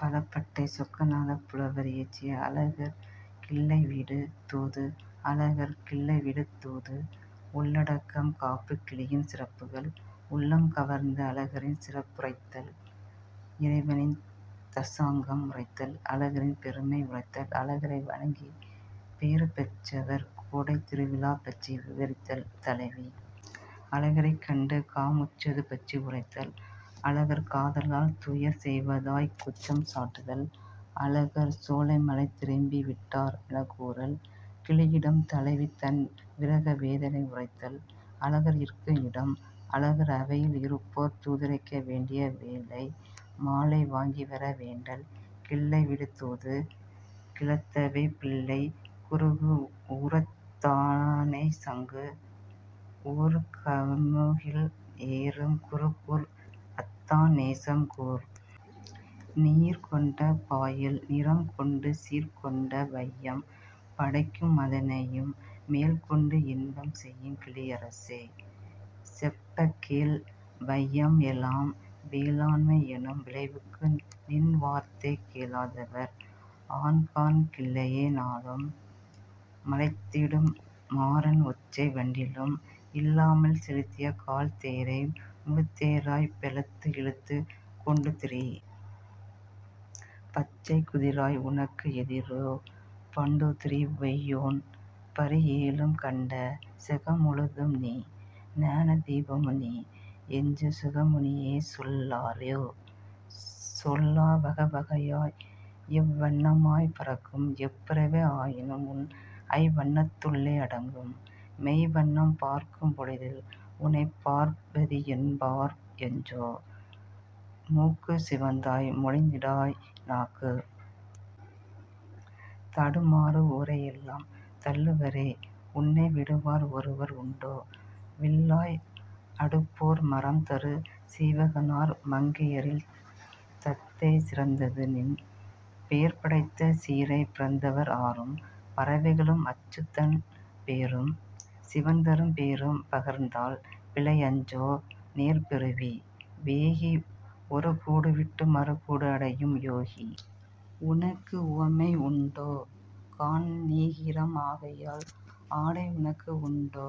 பலபட்டை சொக்கநாதப் புலவர் இயற்றிய அழகர் கிள்ளை விடு தூது அழகர் கிள்ளை விடுதூது உள்ளடக்கம் காப்பு கிளியின் சிறப்புகள் உள்ளம் கவர்ந்த அழகரின் சிறப்புரைத்தல் இறைவனின் தசாங்கம் உரைத்தல் அழகரின் பெருமை உரைத்தல் அழகரை வணங்கி பேறு பெற்றவர் கோடைத் திருவிழாபற்றி விவரித்தல் தலைவி அழகரைக் கண்டு காமுற்றது பற்றி உரைத்தல் அழகர் காதலால் துயர் செய்வதாய்க் குற்றம் சாட்டுதல் அழகர் சோலைமலை திரும்பிவிட்டார் எனக் கூறல் கிளியிடம் தலைவி தன் விரக வேதனை உரைத்தல் அழகர் இருக்கும் இடம் அழகர் அவையில் இருப்போர் தூதுரைக்க வேண்டிய வேளை மாலை வாங்கிவர வேண்டல் கிள்ளைவிடு தூது கிளத்தவே பிள்ளைக் குருகுஊரத் தானேசங்கு ஊர்கமுகில் ஏறும் குருகூர் அத்தான் நேசம் கூர். நீர்கொண்ட பாயல் நிறம்கொண்டு சீர்கொண்ட வையம் படைக்கும் மதனையும் மேல் கொண்டு இன்பம் செய்யும் கிளியரசே செப்பக்கேள் வையம்எலாம் வேளாண்மை என்னும் விளைவுக்கு நின்வார்த்தை கேளாதவர் ஆர்காண் கிள்ளையே நாளும் மலைத்திடும் மாரன் ஒற்றை வண்டிலும் இல்லாமல் செலுத்திய கால்தேரை முழுத்தேராய் பெலத்து இழுத்துக் கொண்டுதிரி பச்சைக் குதிராய் உனக்கு எதிரோ பண்டுதிரி வெய்யோன் பரிஏழும் கண்ட செகம்முழுதும் நீ ஞானதீபமும் நீ என்று சுகமுனியே சொல்லாரோ சொல்லாய் வகைவகையாய் எவ்வண்ணமாய்ப் பறக்கும் எப்பறவை ஆயினும்உன் ஐவண்ணத்துள்ளே அடங்குமே மெய்வண்ணம் பார்க்கும்பொழுதில் உனைப் பார்ப்பதி என்பார் என்றோ மூக்குச் சிவந்தாய் மொழிந்திடாய் நாக்குத் தடுமாறுவோரை எல்லாம் தள்ளுவரே உன்னை விடுவார் ஒருவர் உண்டோ விள்ளாய் அடுபோர் மறம்தரு சீவகனார் மங்கையரில் தத்தை சிறந்ததுநின் பேர்படைத்த சீரே பிறந்தவர் ஆரும் பறவைகளும் அச்சுதன் பேரும் சிவன்தன் பேரும் பகர்ந்தால் பிழைஅன்றோ நேர்பெறு வி வேகி ஒருகூடு விட்டு மறு கூடுஅடையும் யோகி உனக்கு உவமை உண்டோ காண் நீகீரம் ஆகையால் ஆடை உனக்கு உண்டே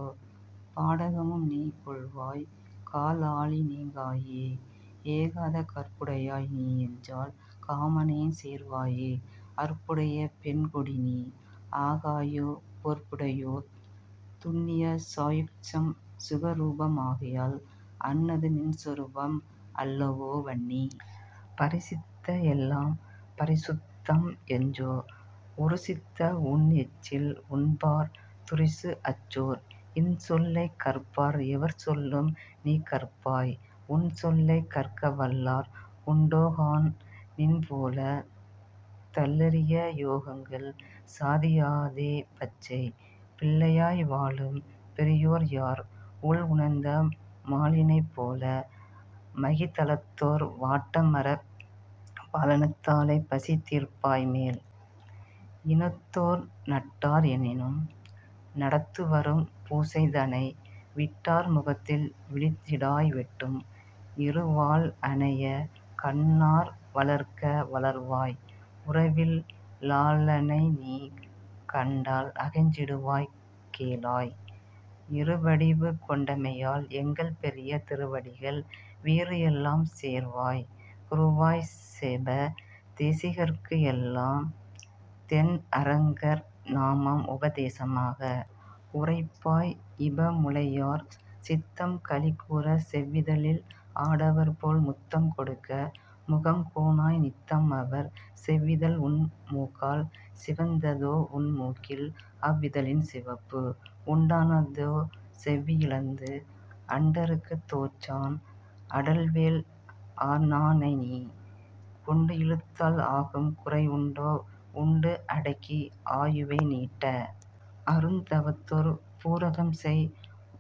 பாடகமும் நீ கொள்வாய் கால்ஆழி நீங்காயே ஏகாத கற்புடையாய் நீ என்றால் காமனையும் சேர்வாயே அற்புடைய பெண்கொடி நீ ஆகாயோ பொற்புடையோர் துன்னிய சாயுச்யம் சுகரூபம் ஆகையால் அன்னது நின்சொரூபம் அல்லவோ வன்னி பரிசித்த எல்லாம் பரிசுத்தம் என்றோ உருசித்த உன்எச்சில் உண்பார் துரிசு அற்றோர் இன்சொல்லைக் கற்பார் எவர்சொல்லும் நீகற்பாய் உன்சொல்லைக் கற்கவல்லார் உண்டோகாண் நின்போலத் தள்ளரிய யோகங்கள் சாதியாதே பச்சைப் பிள்ளையாய் வாழும் பெரியோர்யார் உள்உணர்ந்த மாலினைப் போல மகிதலத்தோர் வாட்டம்அறப் பாலனத்தாலே பசி தீர்ப்பாய் மேல் இனத்தோர் நட்டார் எனினும் நடத்துவரும் பூசைதனை விட்டார் முகத்தில் விழித்திடாய் வெட்டும் இரு வாள்அனைய கண்ணார் வளர்க்க வளர்வாய் உறவில் லாளனைநீ கண்டால் அகன்றிடுவாய் கேளாய் இருவடிவு கொண்டமையால் எங்கள் பெரிய திருவடிகள் வீறுஎல்லாம் சேர்வாய் குருவாய்ச் செப தேசிகர்க்கு எல்லாம் தென்அரங்கர் நாமம் உபதேசமாக உரைப்பாய் இபமுலையார் சித்தம் களிகூரச் செவ்விதழில் ஆடவர்போல் முத்தம் கொடுக்க முகம் கோணாய் நித்தம் அவர் செவ்விதழ்உன் மூக்கால் சிவந்ததோ உன்மூக்கில் அவ்விதழின் சிவப்பு உண்டானதோ செவ்வி இழந்து அண்டருக்குத் தோற்றான் அடல்வேள் ஆநானைநீ கொண்டு இழுத்தால் ஆகும் குறைஉண்டோ உண்டு அடக்கி ஆயுவை நீட்ட அருந்தவத்தோர் பூரகம்செய்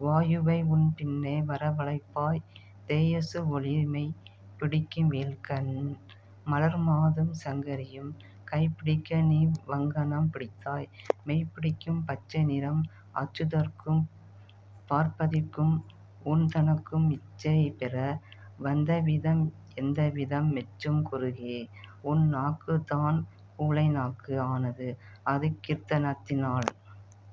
வாயுவைஉன் பின்னே வரவழைப்பாய் தேயசு ஒளிர் மைப்பிடிக்கும் வேல்கண் மலர்மாதும் சங்கரியும் கைப்பிடிக்க நீ வங்கணம் பிடித்தாய் மெய்ப்பிடிக்கும் பச்சை நிறம் அச்சுதற்கும் பார்ப்பதிக்கும் உன்தனக்கும் இச்சைபெற வந்தவிதம் எந்தவிதம் மெச்சும் குருகே உன் நாக்குத்தான் கூழை நாக்கு ஆனது அரி கீர்த்தனத்தினால்